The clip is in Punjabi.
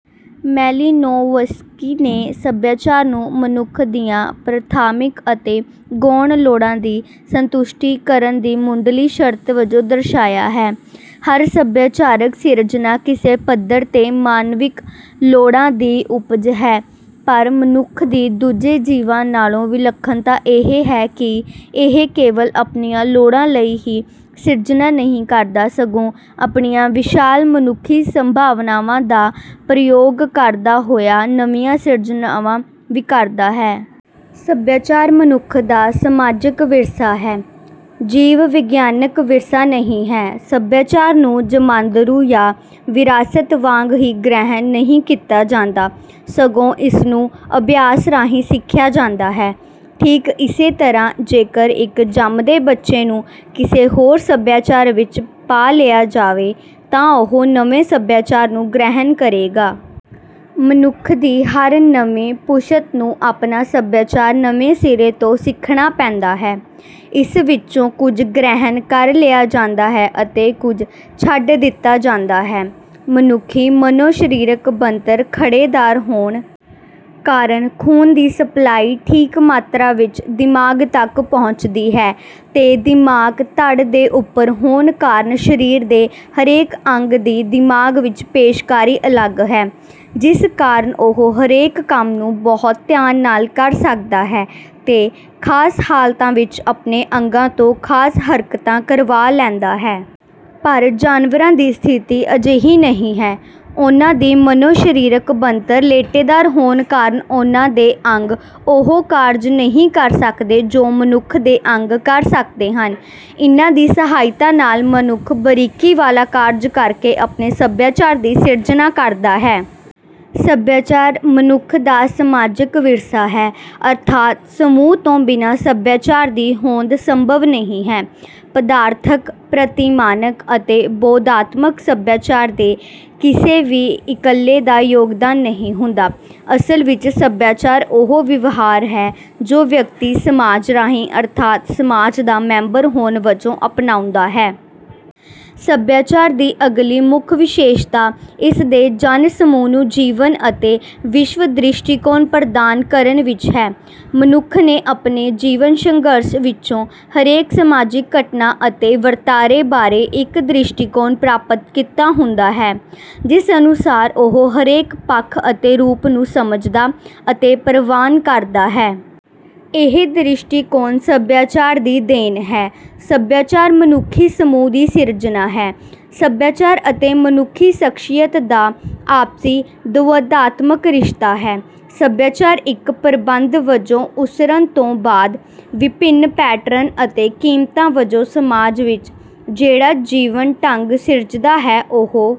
ਮੈਲਿਨੋਵਸਕੀ ਨੇ ਸਭਿਆਚਾਰ ਨੂੰ ਮਨੁੱਖ ਦੀਆਂ ਪ੍ਰਾਥਮਿਕ ਅਤੇ ਗੌਣ ਲੋੜਾਂ ਦੀ ਸੰਤੁਸ਼ਟੀ ਕਰਨ ਦੀ ਮੁੱਢਲੀ ਸ਼ਰਤ ਵਜੋਂ ਦਰਸਾਇਆ ਹੈ। “ਹਰ ਸਭਿਆਚਾਰਕ ਸਿਰਜਣਾ ਕਿਸੇ ਪੱਧਰ ’ਤੇ ਮਾਨਵੀ ਲੋੜਾਂ ਦੀ ਉਪਜ ਹੈ। ਪਰ ਮਨੁੱਖ ਦੀ ਦੂਜੇ ਜੀਵਾਂ ਨਾਲੋਂ ਵਿਲੱਖਣਤਾ ਇਹ ਹੈ ਕਿ ਇਹ ਕੇਵਲ ਆਪਣੀਆਂ ਲੋੜਾਂ ਲਈ ਹੀ ਸਿਰਜਣਾ ਨਹੀਂ ਕਰਦਾ, ਸਗੋਂ ਆਪਣੀਆਂ ਵਿਸ਼ਾਲ ਮਨੁੱਖੀ ਸੰਭਾਵਨਾਵਾਂ ਦਾ ਪ੍ਰਯੋਗ ਕਰਦਾ ਹੋਇਆ ਨਵੀਆਂ ਸਿਰਜਣਾਵਾਂ ਵੀ ਕਰਦਾ ਹੈ।” ਸਭਿਆਚਾਰ ਮਨੁੱਖ ਦਾ ਸਮਾਜਕ ਵਿਰਸਾ ਹੈ, ਜੀਵ-ਵਿਗਿਆਨਕ ਵਿਰਸਾ ਨਹੀਂ ਹੈ। ਸਭਿਆਚਾਰ ਨੂੰ ਜਮਾਂਦਰੂ ਜਾਂ ਵਿਰਾਸਤ ਵਾਂਗ ਹੀ ਗ੍ਰਹਿਣ ਨਹੀਂ ਕੀਤਾ ਜਾਂਦਾ, ਸਗੋਂ ਇਸ ਨੂੰ ਅਭਿਆਸ ਰਾਹੀਂ ਸਿੱਖਿਆ ਜਾਂਦਾ ਹੈ। ਠੀਕ ਇਸੇ ਤਰ੍ਹਾਂ, ਜੇਕਰ ਇੱਕ ਜੰਮਦੇ ਬੱਚੇ ਨੂੰ ਕਿਸੇ ਹੋਰ ਸਭਿਆਚਾਰ ਵਿੱਚ ਪਾ ਲਿਆ ਜਾਵੇ ਤਾਂ ਉਹ ਨਵੇਂ ਸਭਿਆਚਾਰ ਨੂੰ ਗ੍ਰਹਿਣ ਕਰੇਗਾ। ਮਨੁੱਖ ਦੀ ਹਰ ਨਵੀਂ ਪੁਸ਼ਤ ਨੂੰ ਆਪਣਾ ਸਭਿਆਚਾਰ ਨਵੇਂ ਸਿਰੇ ਤੋਂ ਸਿੱਖਣਾ ਪੈਂਦਾ ਹੈ। ਇਸ ਵਿੱਚੋਂ ਕੁਝ ਗ੍ਰਹਿਣ ਕਰ ਲਿਆ ਜਾਂਦਾ ਹੈ ਅਤੇ ਕੁਝ ਛੱਡ ਦਿੱਤਾ ਜਾਂਦਾ ਹੈ। ਮਨੁੱਖੀ ਮਨੋ-ਸਰੀਰਕ ਬਣਤਰ ਖੜ੍ਹੇਦਾਰ ਹੋਣ ਕਾਰਨ ਖ਼ੂਨ ਦੀ ਸਪਲਾਈ ਠੀਕ ਮਾਤਰਾ ਵਿੱਚ ਦਿਮਾਗ ਤੱਕ ਪਹੁੰਚਦੀ ਹੈ ਤੇ ਦਿਮਾਗ ਧੜ ਦੇ ਉੱਪਰ ਹੋਣ ਕਾਰਨ ਸਰੀਰ ਦੇ ਹਰੇਕ ਅੰਗ ਦੀ ਦਿਮਾਗ ਵਿੱਚ ਪੇਸ਼ਕਾਰੀ ਅਲੱਗ ਹੈ, ਜਿਸ ਕਾਰਨ ਉਹ ਹਰੇਕ ਕੰਮ ਨੂੰ ਬਹੁਤ ਧਿਆਨ ਨਾਲ ਕਰ ਸਕਦਾ ਹੈ ਤੇ ਖ਼ਾਸ ਹਾਲਤਾਂ ਵਿੱਚ ਆਪਣੇ ਅੰਗਾਂ ਤੋਂ ਖ਼ਾਸ ਹਰਕਤਾਂ ਕਰਵਾ ਲੈਂਦਾ ਹੈ। ਪਰ ਜਾਨਵਰਾਂ ਦੀ ਸਥਿਤੀ ਅਜਿਹੀ ਨਹੀਂ ਹੈ। ਉਨ੍ਹਾਂ ਦੀ ਮਨੋ-ਸਰੀਰਕ ਬਣਤਰ ਲੇਟੇਦਾਰ ਹੋਣ ਕਾਰਨ ਉਨ੍ਹਾਂ ਦੇ ਅੰਗ ਉਹ ਕਾਰਜ ਨਹੀਂ ਕਰ ਸਕਦੇ ਜੋ ਮਨੁੱਖ ਦੇ ਅੰਗ ਕਰ ਸਕਦੇ ਹਨ। ਇਨ੍ਹਾਂ ਦੀ ਸਹਾਇਤਾ ਨਾਲ ਮਨੁੱਖ ਬਾਰੀਕੀ ਵਾਲਾ ਕਾਰਜ ਕਰਕੇ ਆਪਣੇ ਸਭਿਆਚਾਰ ਦੀ ਸਿਰਜਣਾ ਕਰਦਾ ਹੈ। ਸਭਿਆਚਾਰ ਮਨੁੱਖ ਦਾ ਸਮਾਜਕ ਵਿਰਸਾ ਹੈ। ਅਰਥਾਤ, ਸਮੂਹ ਤੋਂ ਬਿਨਾਂ ਸਭਿਆਚਾਰ ਦੀ ਹੋਂਦ ਸੰਭਵ ਨਹੀਂ ਹੈ। ਪਦਾਰਥਕ, ਪ੍ਰਤਿਮਾਨਕ ਅਤੇ ਬੋਧਾਤਮਕ ਸਭਿਆਚਾਰ ਦੇ ਕਿਸੇ ਵੀ ਇੱਕਲੇ ਦਾ ਯੋਗਦਾਨ ਨਹੀਂ ਹੁੰਦਾ। ਅਸਲ ਵਿੱਚ ਸਭਿਆਚਾਰ ਉਹ ਵਿਵਹਾਰ ਹੈ ਜੋ ਵਿਅਕਤੀ ਸਮਾਜ ਰਾਹੀਂ, ਅਰਥਾਤ ਸਮਾਜ ਦਾ ਮੈਂਬਰ ਹੋਣ ਵਜੋਂ, ਅਪਣਾਉਂਦਾ ਹੈ। ਸਭਿਆਚਾਰ ਦੀ ਅਗਲੀ ਮੁੱਖ ਵਿਸ਼ੇਸ਼ਤਾ ਇਸ ਦੇ ਜਨ-ਸਮੂਹ ਨੂੰ ਜੀਵਨ ਅਤੇ ਵਿਸ਼ਵ-ਦ੍ਰਿਸ਼ਟੀਕੋਣ ਪ੍ਰਦਾਨ ਕਰਨ ਵਿੱਚ ਹੈ। ਮਨੁੱਖ ਨੇ ਆਪਣੇ ਜੀਵਨ-ਸੰਘਰਸ਼ ਵਿੱਚੋਂ ਹਰੇਕ ਸਮਾਜਿਕ ਘਟਨਾ ਅਤੇ ਵਰਤਾਰੇ ਬਾਰੇ ਇੱਕ ਦ੍ਰਿਸ਼ਟੀਕੋਣ ਪ੍ਰਾਪਤ ਕੀਤਾ ਹੁੰਦਾ ਹੈ, ਜਿਸ ਅਨੁਸਾਰ ਉਹ ਹਰੇਕ ਪੱਖ ਅਤੇ ਰੂਪ ਨੂੰ ਸਮਝਦਾ ਅਤੇ ਪ੍ਰਵਾਨ ਕਰਦਾ ਹੈ। ਇਹ ਦ੍ਰਿਸ਼ਟੀਕੋਣ ਸਭਿਆਚਾਰ ਦੀ ਦੇਣ ਹੈ। ਸਭਿਆਚਾਰ ਮਨੁੱਖੀ ਸਮੂਹ ਦੀ ਸਿਰਜਣਾ ਹੈ। ਸਭਿਆਚਾਰ ਅਤੇ ਮਨੁੱਖੀ ਸ਼ਖ਼ਸੀਅਤ ਦਾ ਆਪਸੀ ਦਵੰਦਾਤਮਕ ਰਿਸ਼ਤਾ ਹੈ। ਸਭਿਆਚਾਰ ਇੱਕ ਪ੍ਰਬੰਧ ਵਜੋਂ ਉਸਰਨ ਤੋਂ ਬਾਅਦ ‘ਵਿਭਿੰਨ ਪੈਟਰਨ’ ਅਤੇ ਕੀਮਤਾਂ ਵਜੋਂ ਸਮਾਜ ਵਿੱਚ ਜਿਹੜਾ ਜੀਵਨ-ਢੰਗ ਸਿਰਜਦਾ ਹੈ, ਉਹ...